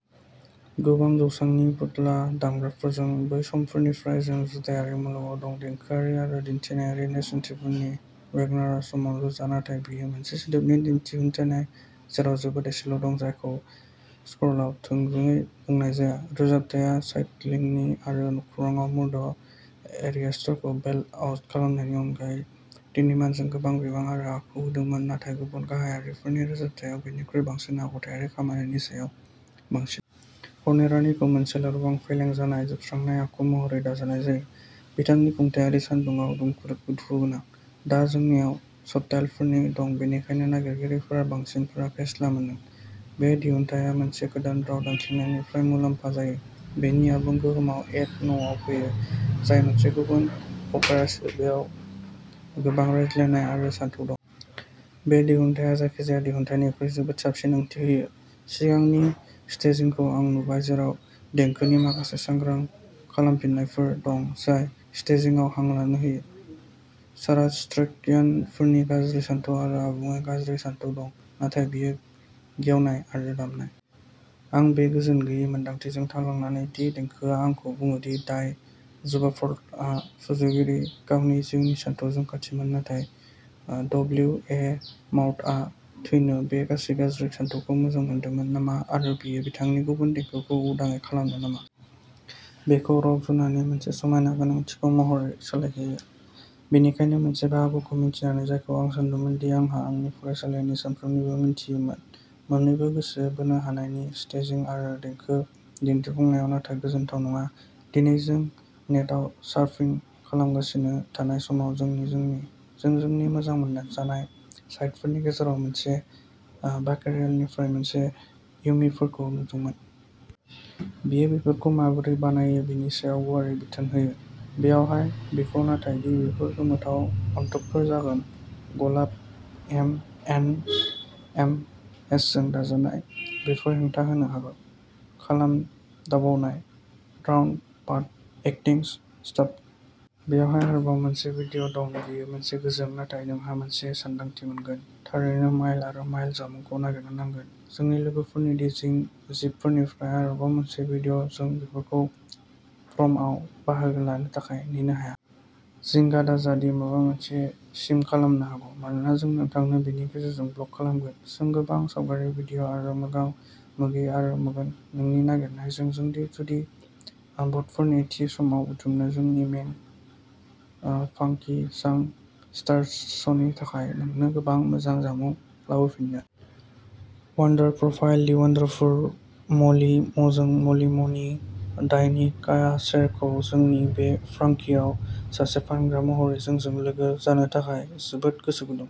गोबां जौसांनि फुथुला दामग्राफोरजों बै समनिफ्रायनो जों जादुआरि मुलुगाव दं, देंखोआरि आरो दिहुनथायनि नेरसोनथिफोरा वेगनारनि समान रोजा। नाथाय बेयो मोनसे सोदोबारि दिहुनथाय, जेराव जोबोद एसेल' दं जायखौ स्क'रआव थोंजोङै बुंनाय जाया। रोजाबनाया स्टाइलिश आरो आखुआव मुंदांखा एरियासखौ बेल्ट आउट खालामनायनि अनगायै, तामिन'आ जोंनो गोबां बिबां आरो आखु होदोंमोन नाथाय गुबुन गाहायफोरनि रोजाबनाया बिबांनिख्रुइ आखुथायारि खालामनायनि सायाव बांसिनमोन। हरनि रानिखौ मोनसे लोरबां, फेलें जानाय, जोबलांनाय आखु महरै दामनाय जायो, बिथांनि खुंथायनि सान्दुंआव दुखुगोनां। दा जोंनाव साबटाइटेलफोर दं बेनिखायनो नायगिरिफोरा बांसिन फेस्ला मोनो। बे दिहुनथाया मोनसे गोदान राव दानस्लायनायनिफ्राय मुलाम्फा जायो, बेनि आबुं गोहोमआ एक्ट नैआव फैयो, जाय मोनसे गुबुन अपेरासो, बेयाव गोबां रायज्लायनाय आरो सानथौ दं। बे दिहुनथाया जायखिजाया दिहुनथायनिख्रुइ जोबोद साबसिन ओंथि होयो। सिगांनि स्टेजिंखौ आं नुबाय, जेराव देंखोनि माखासे सांग्रां खालामफिननायफोर दं, जाय स्टेजिंखौ हां लानो होयो। सारास्ट्रियान फोलेरनि गाज्रि सानथौ आरो आबुङै गाज्रि सानथौ दं, नाथाय बेयो गेवनाय आरो दामनाय। आं बे गोजोन गैयै मोन्दांथिजों थालांदों दि देंखोआ आंखौ बुङोदि डाई ज़ुबारफ्ल'टआ सुजुगिरिनि गावनि जिउनि सानथौजों खाथिमोन, नाथाय डब्लिउ ए मजार्टआ थारैनो बे गासैबो गाज्रि सानथौखौ मोजां मोनदोंमोन नामा आरो बेयो बिथांनि गुबुन देंखोखौ उदायै खालामो नामा? बेखौ र'क जुगनि मोनसे समायना गोसोखांथि महरैल' सोलायहोयो? बेनिखायनो मोनसे बाहागोखौ मिथिनाया जायखौ आं सान्दोंमोन दि आं आंनि फरायसालिनि सानफोरनिफ्राय मिथियोमोन, मोननैबो गोसो बोनो हानाय स्टेजिं आरो देंखो दिन्थिफुंनाय नाथाय गोजोनथाव नङा। दिनै जों नेटआव सार्फिं खालामगासिनो थानाय समाव जों जोंनि मोजां मोनजानाय साइटफोरनि गेजेराव मोनसे, बाकेरेलानिफ्राय बेफोर यम्मीफोरखौ नुदोंमोन। बियो बेफोरखौ माबोरै बानायो बेनि सायाव गुवारै बिथोन होयो। बेवहाय। बेखौ नायथार दि बेफोर गोमोथाव अनथोबफोर जागोन, गलाब एम एन्ड एम एसजों बानायनाय, सोर हेंथा होनो हागोन? लामा दावबायनाय! राउन्ड टप एन्टिकस सप्ता! बेवहाय आरोबाव मोनसे भिडिय' दं बेयो एसे गोजों, नाथाय नोंहा मोनसे सानदांथि मोनगोन। थारैनो माइल आरो माइलनि जामुंखौ नागिरनो नांगोन। जोंनि लोगोफोर दि जांक जिपसिफोरनिफ्राय आरोबाव मोनसे भिडिय'! जों बिसोरनि प्रमआव बाहागो लानो थाखाय नेनो हाया! जिंगा दाजा दि माबा मोनसे मिस खालामनो हागौ, मानोना जों नोंथांनो बेनि गेजेरजों ब्लग खालामगोन। जों गोबां सावगारि, भिडिय' आरो मोगा मोगिफोर मोनगोन। जों नागिरगोन आरो जोंनि गिदिर बुटफोरखौ थि समाव बुथुमगोन जोंनि मे फांकि जांक सिस्टार्स श'नि थाखाय नोंनो गोबां मोजां जामुं लाबोफिन्नो! भेन्डर प्रफाइल दि वन्डारफुल म'लि म' जों म'लि म'नि डायेन कासेरखौ जोंनि मे फांकिआव सासे फानग्रा महरै जोंजों लोगो जानो थाखाय जोबोद गोसो गुदुं।